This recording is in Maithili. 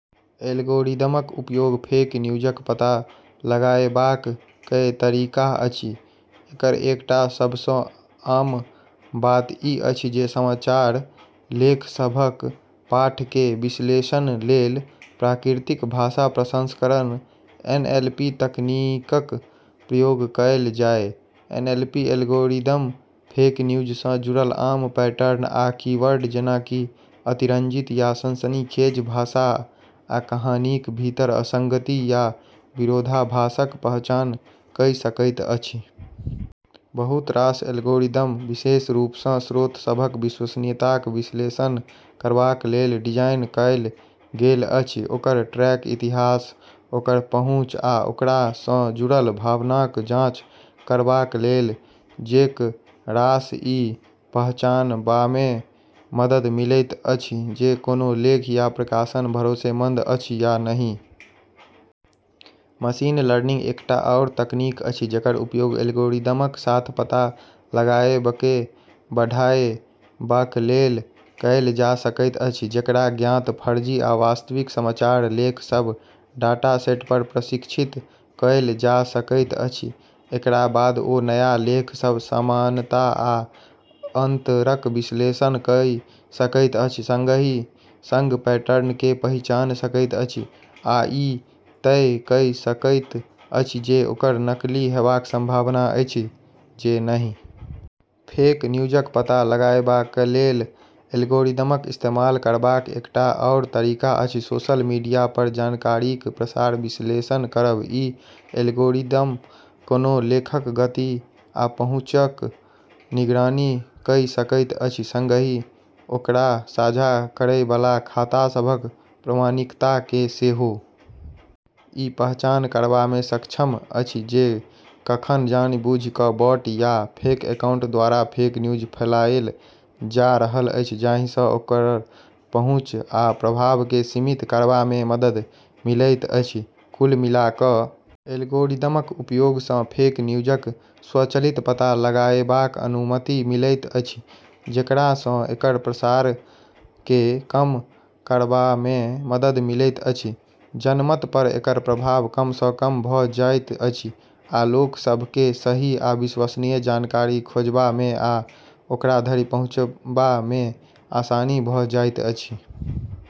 एल्गोरिदमक उपयोग फेक न्यूजक पता लगाएबाक कए तरीका अछि। एकर एकटा सबसँ आम बात ई अछि जे समाचार लेखसभक पाठकेँ विश्लेषणलेल प्राकृतिक भाषा प्रसंस्करण (एनएलपी) तकनीकक प्रयोग कएल जाए। एनएलपी एल्गोरिदम फेक न्यूजसँ जुड़ल आम पैटर्न आ कीवर्ड, जेना कि अतिरंजित या सनसनीखेज भाषा, आ कहानीक भीतर असंगति या विरोधाभासक पहचान कइ सकैत अछि। बहुत रास एल्गोरिदम विशेष रूपसँ स्रोतसभक विश्वसनीयताक विश्लेषण करबाकलेल डिजाइन कएल गेल अछि, ओकर ट्रैक इतिहास, ओकर पहुँच आ ओकरासँ जुड़ल भावनाक जांच करबाकलेल, जेकरासँ ई पहचानबामे मदद मिलैत अछि जे कोनो लेख या प्रकाशन भरोसेमंद अछि या नहि। मशीन लर्निंग एकटा आओर तकनीक अछि जेकर उपयोग एल्गोरिदमक साथ पता लगाएबकेँ बढ़ाएबाकलेल कएल जा सकैत अछि जेकरा ज्ञात फर्जी आ वास्तविक समाचार लेखसभक डाटासेटपर प्रशिक्षित कएल जा सकैत अछि। एकरा बाद ओ नया लेखसभक समानता आ अंतरक विश्लेषण कइ सकैत अछि, संगही संग पैटर्नकेँ पहिचानि सकैत अछि, आ ई तय कइ सकैत अछि जे ओकर नकली हेबाक संभावना अछि जे नहि। फेक न्यूजक पता लगाएबाकलेल एल्गोरिदमक इस्तेमाल करबाक एकटा आओर तरीका अछि सोशल मीडियापर जानकारीक प्रसारक विश्लेषण करब। ई एल्गोरिदम कोनो लेखक गति आ पहुँचक निगरानी कइ सकैत अछि, संगही ओकरा साझा करैबाला खातासभक प्रामाणिकताकेँ सेहो। ई पहचान करबामे सक्षम अछि जे कखन जानि-बूझि कऽ बॉट या फेक अकाउंट द्वारा फेक न्यूज फैलाएल जा रहल अछि, जाहिसँ ओकर पहुँच आ प्रभावकेँ सीमित करबामे मदद मिलैत अछि। कुल मिला कऽ एल्गोरिदमक उपयोगसँ फेक न्यूजक स्वचालित पता लगाएबाक अनुमति मिलैत अछि, जेकरासँ एकर प्रसारकेँ कम करबामे मदद मिलैत अछि, जनमतपर एकर प्रभाव कम सँ कम भऽ जाइत अछि, आ लोकसभकेँ सही आ विश्वसनीय जानकारी खोजबामे आ ओकराधरि पहुँचबामे आसानी भऽ जाइत अछि।